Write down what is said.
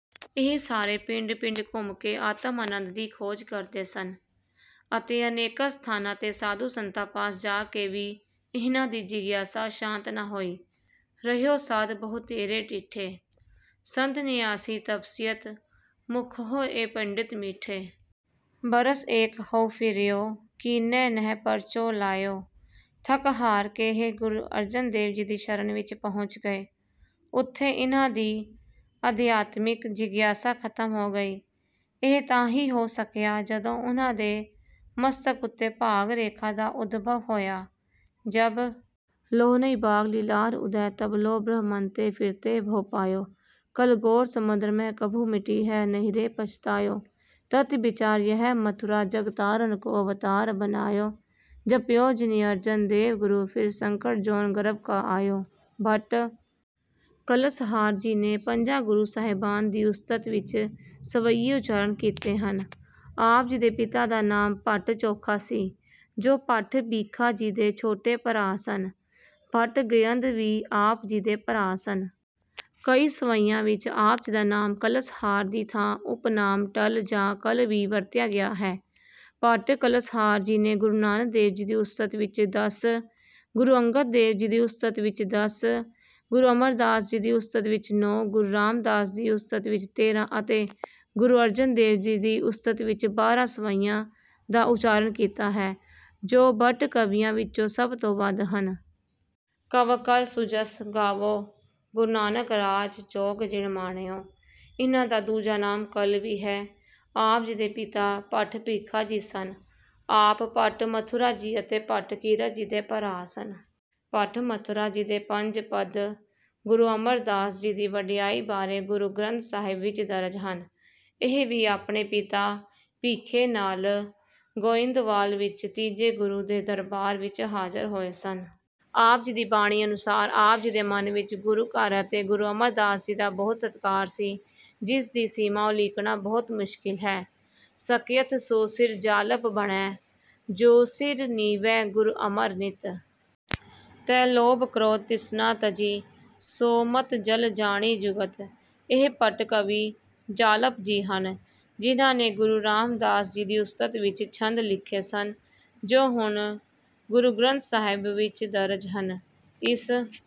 ਇਹ ਸਾਰੇ ਪਿੰਡ-ਪਿੰਡ ਘੁੰਮ ਕੇ ਆਤਮ-ਆਨੰਦ ਦੀ ਖੋਜ ਕਰਦੇ ਸਨ ਅਤੇ ਅਨੇਕਾਂ ਸਥਾਨਾਂ ’ਤੇ ਸਾਧੂ-ਸੰਤਾਂ ਪਾਸ ਜਾ ਕੇ ਵੀ ਇਹਨਾਂ ਦੀ ਜਿਗਿਆਸਾ ਸ਼ਾਂਤ ਨਾ ਹੋਈ। ਰਹਿਓ ਸਾਧ ਬਹੁਤੇਰੇ ਡਿਠੇ, ਸੰਧਨਿਆਸੀ ਤਪਸੀਅਤ ਮੁਖਹੁ ਏ ਪੰਡਿਤ ਮਿਠੇ। ਬਰਸੁ ਏਕੁ ਹਉ ਫਿਰਿਓ, ਕਿਨੈ ਨਹੁ ਪਰਚਉ ਲਾਯਉ। ਥੱਕ-ਹਾਰ ਕੇ ਇਹ ਗੁਰੂ ਅਰਜਨ ਦੇਵ ਜੀ ਦੀ ਸ਼ਰਨ ਵਿੱਚ ਪਹੁੰਚ ਗਏ। ਉੱਥੇ ਇਹਨਾਂ ਦੀ ਅਧਿਆਤਮਿਕ ਜਿਗਿਆਸਾ ਖ਼ਤਮ ਹੋ ਗਈ। ਇਹ ਤਾਂ ਹੀ ਹੋ ਸਕਿਆ, ਜਦੋਂ ਉਹਨਾਂ ਦੇ ਮਸਤਕ ਉੱਤੇ ਭਾਗ-ਰੇਖਾ ਦਾ ਉਦਭਵ ਹੋਇਆ। ਜਬ ਲਉ ਨਹੀ ਭਾਗੁ ਲਿਲਾਰੁ ਉਦੈ, ਤਬ ਲਉ ਭ੍ਰਮੰਤੇ ਫਿਰਤੇ ਬਹੁ ਪਾਇਓ। ਕਲਿ ਘੋਰ ਸਮੁਦ੍ਰ ਮੈ ਕਬਹੂ ਮਿਟੀ ਹੈ ਨਹੀ ਰੇ ਪਛੁਤਾਇਓ। ਤਤੁ ਬਿਚਾਰੁ ਯਹੈ ਮਥੁਰਾ, ਜਗ ਤਾਰਨ ਕਉ ਅਵਤਾਰੁ ਬਨਾਇਓ। ਜਪਉ ਜਿਨ ਅਰਜਨ ਦੇਵ ਗੁਰੂ, ਫਿਰਿ ਸੰਕਟ ਜੋਨਿ ਗਰਭ ਕਾ ਆਇਓ। ਭੱਟ ਕਲਸਹਾਰ ਜੀ ਨੇ ਪੰਜਾਂ ਗੁਰੂ ਸਾਹਿਬਾਨ ਦੀ ਉਸਤਤ ਵਿੱਚ ਸਵੱਯੇ ਉਚਾਰਨ ਕੀਤੇ ਹਨ। ਆਪ ਜੀ ਦੇ ਪਿਤਾ ਦਾ ਨਾਮ ਭੱਟ ਚੋਖਾ ਸੀ, ਜੋ ਭੱਟ ਭੀਖਾ ਜੀ ਦੇ ਛੋਟੇ ਭਰਾ ਸਨ। ਭੱਟ ਗਯੰਦ ਵੀ ਆਪ ਜੀ ਦੇ ਭਰਾ ਸਨ। ਕਈ ਸਵੱਯਿਆਂ ਵਿੱਚ ਆਪ ਜੀ ਦਾ ਨਾਮ ਕਲਸਹਾਰ ਦੀ ਥਾਂ ਉਪਨਾਮ ‘ਟੱਲ’ ਜਾਂ ‘ਕਲ੍ਹ’ ਵੀ ਵਰਤਿਆ ਗਿਆ ਹੈ। ਭੱਟ ਕਲਸਹਾਰ ਜੀ ਨੇ ਗੁਰੂ ਨਾਨਕ ਦੇਵ ਜੀ ਦੀ ਉਸਤਤ ਵਿੱਚ ਦਸ, ਗੁਰੂ ਅੰਗਦ ਦੇਵ ਜੀ ਦੀ ਉਸਤਤ ਵਿੱਚ ਦਸ, ਗੁਰੂ ਅਮਰਦਾਸ ਜੀ ਦੀ ਉਸਤਤ ਵਿੱਚ ਨੌਂ, ਗੁਰੂ ਰਾਮਦਾਸ ਜੀ ਦੀ ਉਸਤਤ ਵਿੱਚ ਤੇਰ੍ਹਾਂ ਅਤੇ ਗੁਰੂ ਅਰਜਨ ਦੇਵ ਜੀ ਦੀ ਉਸਤਤ ਵਿੱਚ ਬਾਰ੍ਹਾਂ ਸਵੱਯਿਆਂ ਦਾ ਉਚਾਰਨ ਕੀਤਾ ਹੈ, ਜੋ ਭੱਟ ਕਵੀਆਂ ਵਿੱਚੋਂ ਸਭ ਤੋਂ ਵੱਧ ਹਨ। ‘ਕਵਿ ਕਲ ਸੁਜਸੁ ਗਾਵਉ ਗੁਰ ਨਾਨਕ ਰਾਜੁ ਜੋਗੁ ਜਿਨਿ ਮਾਣਿਓ।’ ਇਨ੍ਹਾਂ ਦਾ ਦੂਜਾ ਨਾਮ ‘ਕਲ੍ਹ’ ਵੀ ਹੈ। ਆਪ ਜੀ ਦੇ ਪਿਤਾ ਭੱਟ ਭਿਖਾ ਜੀ ਸਨ। ਆਪ ਭੱਟ ਮਥੁਰਾ ਜੀ ਅਤੇ ਭੱਟ ਕੀਰਤ ਜੀ ਦੇ ਭਰਾ ਸਨ। ਭੱਟ ਮਥੁਰਾ ਜੀ ਦੇ ਪੰਜ ਪਦ ਗੁਰੂ ਅਮਰਦਾਸ ਜੀ ਦੀ ਵਡਿਆਈ ਬਾਰੇ ਗੁਰੂ ਗ੍ਰੰਥ ਸਾਹਿਬ ਵਿੱਚ ਦਰਜ ਹਨ। ਇਹ ਵੀ ਆਪਣੇ ਪਿਤਾ ਭਿਖੇ ਨਾਲ ਗੋਇੰਦਵਾਲ ਵਿੱਚ ਤੀਜੇ ਗੁਰੂ ਦੇ ਦਰਬਾਰ ਵਿੱਚ ਹਾਜ਼ਰ ਹੋਏ ਸਨ। ਆਪ ਜੀ ਦੀ ਬਾਣੀ ਅਨੁਸਾਰ, ਆਪ ਜੀ ਦੇ ਮਨ ਵਿੱਚ ਗੁਰੂ-ਘਰ ਅਤੇ ਗੁਰੂ ਅਮਰਦਾਸ ਜੀ ਦਾ ਬਹੁਤ ਸਤਿਕਾਰ ਸੀ, ਜਿਸ ਦੀ ਸੀਮਾ ਉਲੀਕਣਾ ਬਹੁਤ ਮੁਸ਼ਕਿਲ ਹੈ। ਸਕਯਥੁ ਸੁ ਸਿਰੁ ਜਾਲਪੁ ਭਣੈ, ਜੁ ਸਿਰੁ ਨਿਵੈ ਗੁਰ ਅਮਰ ਨਿਤ। ਤੈ ਲੋਭੁ ਕ੍ਰੋਧੁ ਤ੍ਰਿਸਨਾ ਤਜੀ, ਸੁ ਮਤਿ ਜਲੁ ਜਾਣੀ ਜੁਗਤਿ। ਇਹ ਭੱਟ ਕਵੀ ਜਾਲਪ ਜੀ ਹਨ, ਜਿਨ੍ਹਾਂ ਨੇ ਗੁਰੂ ਰਾਮਦਾਸ ਜੀ ਦੀ ਉਸਤਤ ਵਿੱਚ ਛੰਦ ਲਿਖੇ ਸਨ, ਜੋ ਹੁਣ ਗੁਰੂ ਗ੍ਰੰਥ ਸਾਹਿਬ ਵਿੱਚ ਦਰਜ ਹਨ। ਇਸ